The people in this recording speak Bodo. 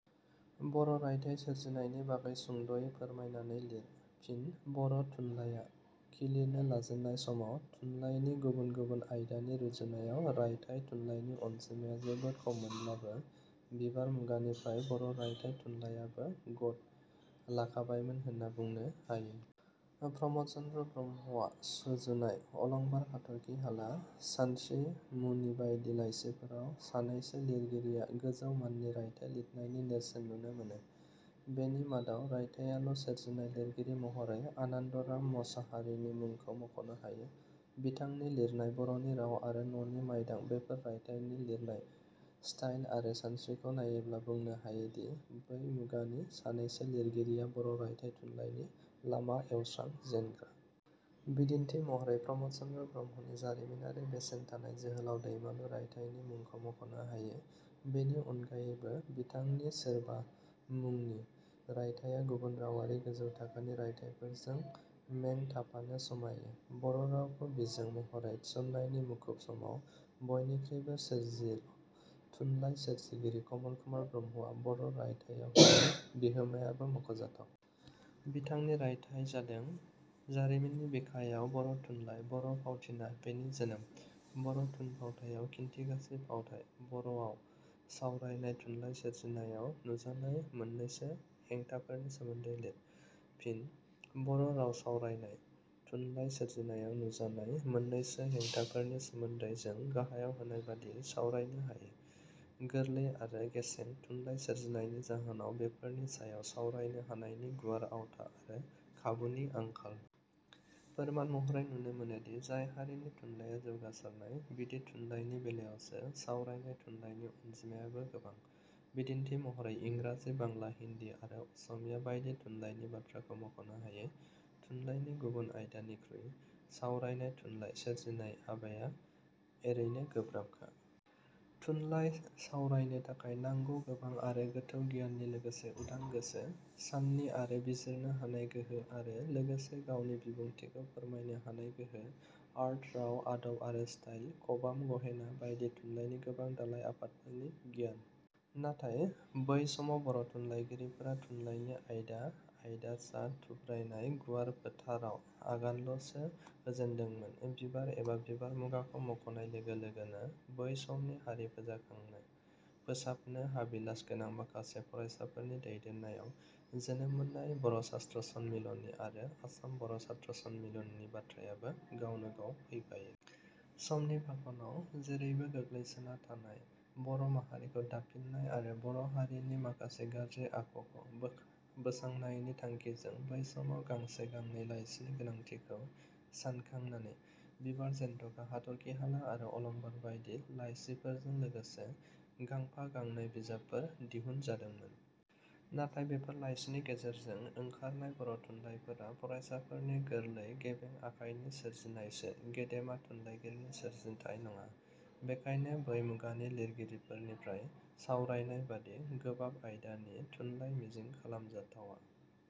बर' रायथाइ सोरजिनायनि बागै सुंद'यै फोरमायनानै लिर। फिनः बर' थुनलाइया खिलिनो लाजेननाय समाव थुनलाइनि गुबुन गुबुन आयदानि रुजुनायाव रायथाइ थुनलाइनि अनजिमाया जोबोर खममोनब्लाबो बिबार मुगानिफ्रायनो बर' रायथाइ थुनलाइयाबो गद लाखाबायमोन होनना बुंनो हायो। प्रमद चन्द्र ब्रह्मआ सुजुनाय अलंबार, हाथर्खिहाला, सानस्रि मुनि बायदि लाइसिफोराव सानैसो लिरगिरिया गोजौ माननि रायथाइ लिरनायनि नेरसोन नुनो मोनो। बेनि मादाव रायथाइयाल' सोरजिनाय लिरगिरि महरै आनन्द' राम मसाहारिनि मुंखौ मख'नो हायो। बिथांनि लिरनाय 'बर'नि राव' आरो 'ननि माइदां'- बेफोर रायथाइनि लिरनाय ष्टाइल आरो सानस्रिखौ नायोब्ला बुंनो हायोदि बै मुगानि सानैसो लिरगिरियानो बर' रायथाइ थुनलाइनि लामा एवस्रांजेनग्रा। बिदिन्थि महरै प्रमद चन्द्र ब्रह्मनि जारिमिनारि बेसेन थानाय 'जोहोलाव दैमालु' रायथाइनि मुंखौ मख'नो हायो। बेनि अनगायैबो बिथांनि 'सोरबा' मुंनि रायथाइया गुबुन रावारि गोजौ थाखोनि रायथाइफोरजों में थाफानो समायो। बर' रावखौ बिजों महरै थिसननायनि मुखुब समाव बइनिखुइबो सोरजि थुनलाइ सोरजिगिरि कमल कुमार ब्रह्मआ बर' रायथाइयाव होनाय बिहोमायाबो मख' जाथाव। बिथांनि रायथाइ जादों- 'जारिमिननि बिखायव बर' थुनलाइ', 'बर' फावथिना: बेनि जोनोम', 'बर' थुनफावथाइयाव खिनथिगासे फावथाइ'। बर'वाव सावरायनाय थुनलाइ सोरजिनायाव नुजानाय मोननैसो हेंथाफोरनि सोमोन्दै लिर। फिनः बर' राव सावरायनाय थुनलाइ सोरजिनायाव नुजानाय मोननैसो हें थाफोरनि सोमोन्दै जों गाहायाव होनाय बादियै सावरायनो हायो- गोरलै आरो गेसें थुनलाइ सोरजिनायनि जाहोनाव बेफोरनि सायाव सावरायनो हानायनि गुवार आवथा आरो खाबुनि आंखाल। फोरमान महरै नुनो मोनोदि जाय हारिनि थुनलाइया जौगासारनाय बिदि थुनलाइनि बेलायावसो सावरायनाय थुनलाइनि अनजिमायाबो गोबां। बिदिन्थि महरै इंराजि, बांला, हिन्दी आरो असमिया बायदि थुनलाइनि बाथ्राखौ मख'नो हायो। थुनलाइनि गुबुन आयदानिख्रुइ सावरायनाय थुनलाइ सोरजिनाय हाबाया एरैनो गोब्राबखा। थुनलाइ सावरायनो थाखाय नांगौ गोबां आरो गोथौ गियाननि लोगोसे उदां गोसो, साननि आरो बिजिरनो हानाय गोहो आरो लोगोसे गावनि बिबुंथिखौ फोरमायनो हानाय गोहो, आर्ट, राव- आदब आरो ष्टाइल, खबाम, गहेना बायदि थुनलाइनि गोबां दालाइ आयदाफोरनि गियान। नाथाय बै समाव बर' थुनलाइगिरिफोरा थुनलाइनि आयदा आयदासा थुब्रायनाय गुवार फोथाराव आगानल'सो होजेनदोंमोन। 'बिबार' एबा 'बिबार' मुगाखौ मख'नाय लोगो लोगोनो बै समनि हारि फोजाखांनो, फोसाबनो हाबिलास गोनां माखासे, फरायसाफोरनि दैदेननायाव जोनोम मोननाय 'बर' सात्र सन्मीलनी' आरो 'आसाम बर' सात्र सन्मीलनी'नि बाथ्रायाबो गावनो गाव फैफायो। समनि फाखनाव जेरैबो गोग्लैसोना थानाय बर' माहारिखौ दाफिननाय आरो बर' हारिनि माखासे गाज्रि आख'खौ बोख बोसांनायनि थांखिजों बै समाव गांसे गांनै लाइसिनि गोनांथिखौ सानखांनानै 'बिबार', 'जेनथखा', 'हाथर्खिहाला' आरो 'अलंबार' बायदि लाइसिफोरजों लोगोसे गांफा गांनै बिजाबफोर दिहुनजादोंमोन। नाथाय बेफोर लाइसिनि गेजेरजों ओंखारनाय बर' थुनलाइफोरा फरायसाफोरनि गोरलै गेबें आखाइनि सोरजिनायसो, गेदेमा थुनलाइगिरिनि सोरजिथाइ नङा। बेखायनो बै मुगानि लिरगिरिफोरनिफ्राय सावरायनाय: बादि गोबाब आयदानि थुनलाइ मिजिं खालामजाथावा।